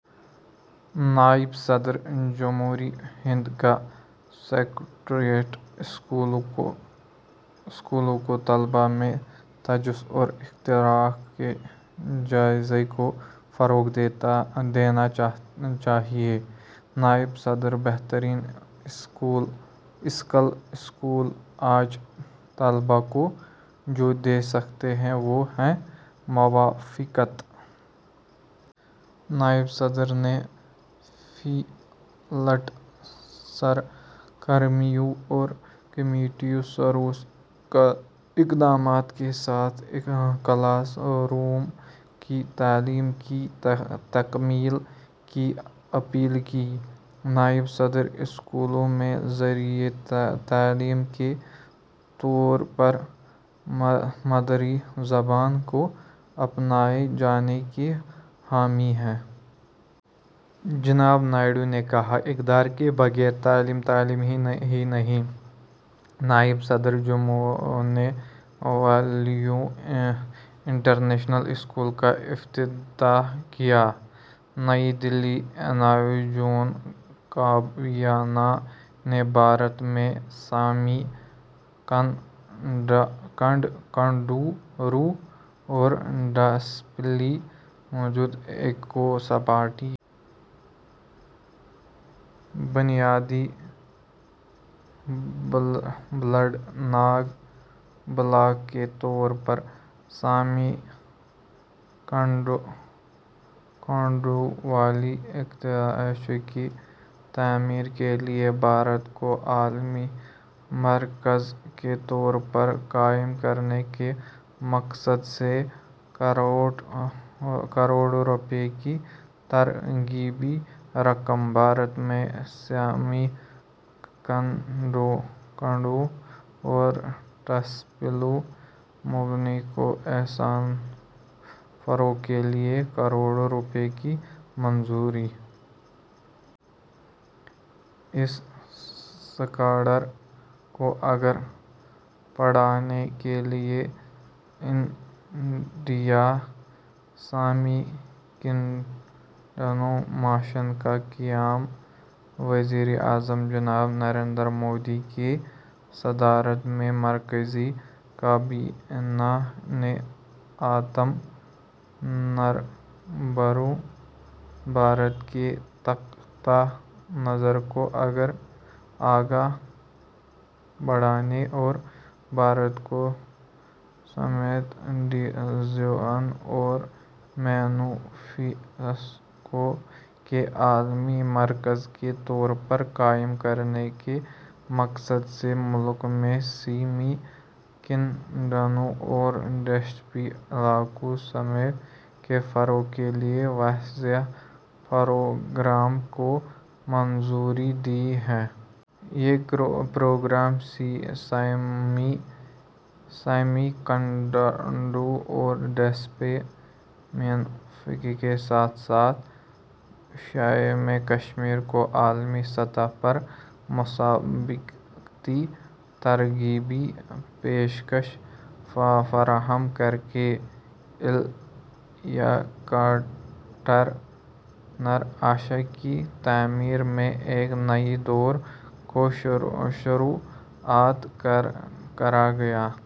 نائب صدر جمہوریہ ہند کا سیکریٹریٹ اسکولوں کو طلبہ میں تجسس اور اختراع کے جذبے کو فروغ دینا چاہیے: نائب صدر۔ ’بہترین اسکل اسکول آج طلباء کو جو دے سکتے ہیں، وہ ہے موافقت۔‘ نائب صدر نے فیلڈ سرگرمیوں اور کمیونٹی سروس اقدامات کے ساتھ کلاس روم کی تعلیم کی تکمیل کی اپیل کی۔ نائب صدر اسکولوں میں ذریعۂ تعلیم کے طور پر مادری زبان کو اپنائے جانے کے حامی ہیں۔ جناب نائیڈو نے کہا، ’اقدار کے بغیر تعلیم، تعلیم ہے ہی نہیں۔‘ نائب صدر جمہوریہ نے ویلور انٹرنیشنل اسکول کا افتتاح کیا۔ نئی دہلی، انتیس جون۔ کابینہ نے بھارت میں سیمی کنڈکٹروں اور ڈسپلے مینوفیکچرنگ ایکو سسٹم کے فروغ کے لیے پروگرام کو منظوری دی۔ بنیادی بلڈنگ بلاک کے طور پر سیمی کنڈکٹروں والی الیکٹرانک اشیاء کی تعمیر کے لیے بھارت کو عالمی مرکز کے طور پر قائم کرنے کے مقصد سے کروڑ روپے کی ترغیبی رقم۔ بھارت میں سیمی کنڈکٹروں اور ڈسپلے مینوفیکچرنگ ایکو سسٹم کے فروغ کے لیے کروڑ روپے کی منظوری۔ اس سیکٹر کو آگے بڑھانے کے لیے انڈیا سیمی کنڈکٹر مشن کا قیام۔ وزیر اعظم جناب نریندر مودی کی صدارت میں مرکزی کابینہ نے آتم نربھر بھارت کے نقطۂ نظر کو آگے بڑھانے اور بھارت کو الیکٹرانک سسٹم ڈیزائن اور مینوفیکچرنگ کے عالمی مرکز کے طور پر قائم کرنے کے مقصد سے، ملک میں سیمی کنڈکٹروں اور ڈسپلے ایکو سسٹم کے فروغ کے لیے وسیع پروگرام کو منظوری دی ہے۔ یہ پروگرام سیمی کنڈکٹروں اور ڈسپلے مینوفیکچرنگ کے ساتھ ساتھ ڈیزائن کے شعبے میں کمپنیوں کو عالمی سطح پر مسابقتی ترغیبی پیکیج فراہم کرکے الیکٹرانک اشیاء کی تعمیر میں ایک نئے دور کی شروعات کرے گا۔